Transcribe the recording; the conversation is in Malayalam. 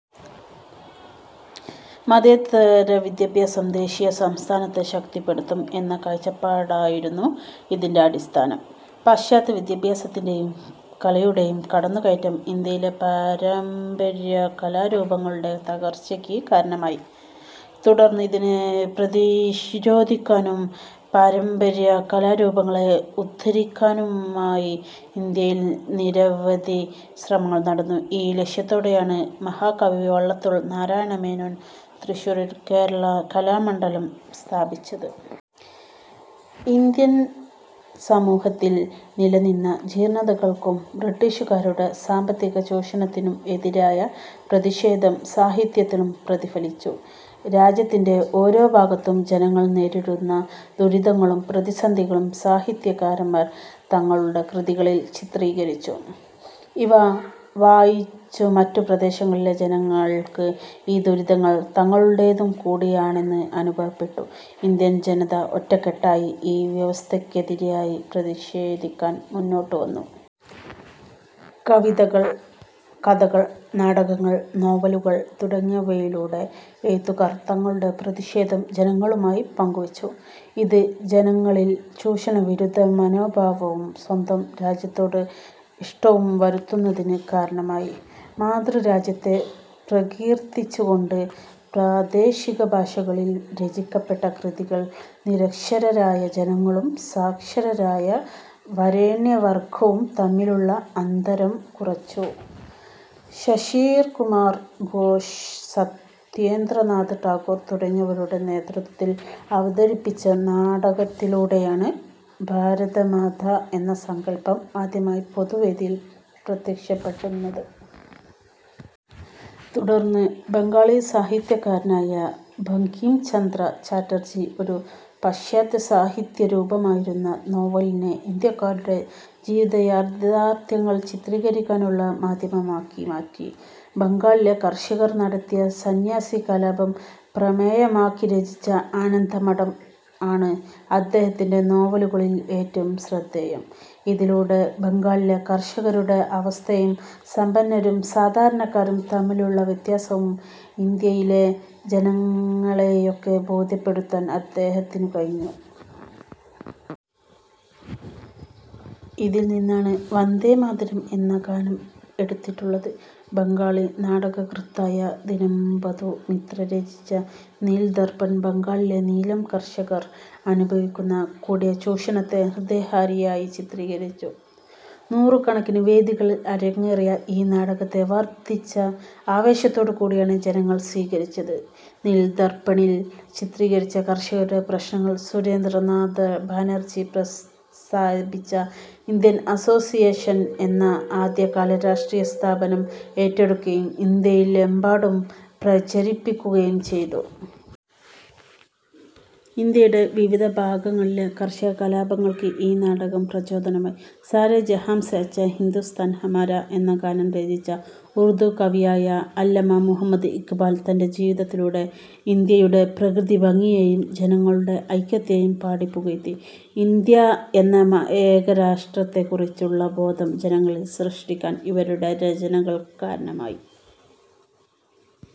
മതേതര വിദ്യാഭ്യാസം ദേശീയ പ്രസ്ഥാനത്തെ ശക്തിപ്പെടുത്തും എന്ന കാഴ്ചപ്പാടായിരുന്നു ഇതിന്റെ അടിസ്ഥാനം. പാശ്ചാത്യ വിദ്യാഭ്യാസത്തിന്റെയും കലയുടെയും കടന്നു കയറ്റം ഇന്ത്യയുടെ പാരമ്പര്യ കലാരൂപങ്ങളുടെ തകർച്ചയ്ക്ക് കാരണമായി. തുടർന്ന് ഇതിനെ പ്രതിരോധിക്കാനും പാരമ്പര്യ കലാരൂപങ്ങളെ ഉദ്ധരിക്കാനുമായി ഇന്ത്യയിൽ നിരവധി ശ്രമങ്ങൾ നടന്നു. ഈ ലക്ഷ്യത്തോടെയാണ് മഹാകവി വള്ളത്തോൾ നാരായണമേനോൻ തൃശൂരിൽ കേരള കലാമണ്ഡലം സ്ഥാപിച്ചത്. ഇന്ത്യൻ സമൂഹത്തിൽ നിലനിന്ന ജീർണതകൾക്കും ബ്രിട്ടീഷുകാരുടെ സാമ്പത്തികചൂഷണത്തിനും എതിരായ പ്രതിഷേധം സാഹിത്യത്തിലും പ്രതിഫലിച്ചു. രാജ്യത്തിന്റെ ഓരോ ഭാഗത്തും ജനങ്ങൾ നേരിടുന്ന ദുരിതങ്ങളും പ്രതിസന്ധികളും സാഹിത്യകാരന്മാർ തങ്ങളുടെ കൃതികളിൽ ചിത്രീകരിച്ചു. ഇവ വായിച്ച മറ്റു പ്രദേശങ്ങളിലെ ജനങ്ങൾക്ക് ഈ ദുരിതങ്ങൾ തങ്ങളുടേതു കൂടിയാണെന്ന് അനുഭവപ്പെട്ടു. ഇന്ത്യൻ ജനത ഒറ്റക്കെട്ടായി ഈ വ്യവസ്ഥയ്ക്കെതിരായി പ്രതിഷേധിക്കാൻ മുന്നോട്ടുവന്നു. കവിതകൾ, കഥകൾ, നാടകങ്ങൾ, നോവലുകൾ തുടങ്ങിയവയിലൂടെ എഴുത്തുകാർ തങ്ങളുടെ പ്രതിഷേധം ജനങ്ങളുമായി പങ്കുവച്ചു. ഇത് ജനങ്ങളിൽ ചൂഷണവിരുദ്ധ മനോഭാവവും സ്വന്തം രാജ്യത്തോട് ഇഷ്ടവും വളരുന്നതിന് കാരണമായി. മാതൃരാജ്യത്തെ പ്രകീർത്തിച്ചുകൊണ്ട് പ്രാദേശികഭാഷകളിൽ രചിക്കപ്പെട്ട കൃതികൾ നിരക്ഷരരായ ജനങ്ങളും സാക്ഷരരായ വരേണ്യവർഗവും തമ്മിലുള്ള അന്തരം കുറച്ചു. ശശിർകുമാർ ഘോഷ്, സത്യേന്ദ്രനാഥ് ടാഗോർ തുടങ്ങിയവരുടെ നേതൃത്വത്തിൽ അവതരിപ്പിച്ച നാടകത്തിലൂടെയാണ് ഭാരതമാതാ എന്ന സങ്കൽപ്പം ആദ്യമായി പൊതുവേദിയിൽ പ്രത്യക്ഷപ്പെടുന്നത്. തുടർന്ന് ബംഗാളി സാഹിത്യകാരനായ ബങ്കിം ചന്ദ്ര ചാറ്റർജി ഒരു പാശ്ചാത്യസാഹിത്യ രൂപമായിരുന്ന നോവലിനെ ഇന്ത്യക്കാരുടെ ജീവിതയാഥാർഥ്യങ്ങൾ ചിത്രീകരിക്കാനുള്ള മാധ്യമമാക്കി മാറ്റി. ബംഗാളിലെ കർഷകർ നടത്തിയ സന്ന്യാസി കലാപം പ്രമേയമാക്കി രചിച്ച ആനന്ദമഠം ആണ് അദ്ദേഹത്തിന്റെ നോവലുകളിൽ ഏറ്റവും ശ്രദ്ധേയം. ഇതിലൂടെ ബംഗാളിലെ കർഷകരുടെ അവസ്ഥയും സമ്പന്നരും സാധാരണക്കാരും തമ്മിലുള്ള വ്യത്യാസവും ഇന്ത്യയിലെ ജനങ്ങളെയൊക്കെ ബോധ്യപ്പെടുത്താൻ അദ്ദേഹത്തിനു കഴിഞ്ഞു. ഇതിൽ നിന്നാണ് വന്ദേമാതരം എന്ന ഗാനം എടുത്തിട്ടുള്ളത്. ബംഗാളി നാടകകൃത്തായ ദിനബന്ധു മിത്ര രചിച്ച നീൽ ദർപ്പൺ ബംഗാളിലെ നീലം കർഷകർ അനുഭവിക്കുന്ന കൊടിയ ചൂഷണത്തെ ഹൃദയഹാരിയായി ചിത്രീകരിച്ചു. നൂറുകണക്കിന് വേദികളിൽ അരങ്ങേറിയ ഈ നാടകത്തെ വർധിച്ച ആവേശത്തോടെയാണ് ജനങ്ങൾ സ്വീകരിച്ചത്. നീൽ ദർപ്പണി'ൽ ചിത്രീകരിച്ച കർഷകരുടെ പ്രശ്നങ്ങൾ സുരേന്ദ്രനാഥ ബാനർജി സ്ഥാപിച്ച ഇന്ത്യൻ അസോസിയേഷൻ എന്ന ആദ്യ കാല രാഷ്ട്രീയപ്രസ്ഥാനം ഏറ്റെടുക്കുകയും ഇന്ത്യയിലെമ്പാടും പ്രചരിപ്പിക്കുകയും ചെയ്തു. ഇന്ത്യയുടെ വിവിധ ഭാഗങ്ങളിലെ കർഷകകലാപങ്ങൾക്ക് ഈ നാടകം പ്രചോദനമായി. സാരേ ജഹാം സേ അച്ഛാ, ഹിന്ദുസ്ഥാൻ ഹമാരാ എന്ന ഗാനം രചിച്ച ഉർദു കവിയായ അല്ലാമാ മുഹമ്മദ് ഇഖ്ബാൽ തന്റെ ജീവിത ത്തിലൂടെ ഇന്ത്യയുടെ പ്രകൃതിഭംഗിയെയും ജനങ്ങളുടെ ഐക്യത്തെയും പാടിപ്പുകഴ്ത്തി. ഇന്ത്യ എന്ന ഏകരാഷ്ട്രത്തെക്കുറിച്ചുള്ള ബോധം ജനങ്ങളിൽ സൃഷ്ടിക്കാൻ ഇവരുടെ രചനകൾ കാരണമായി.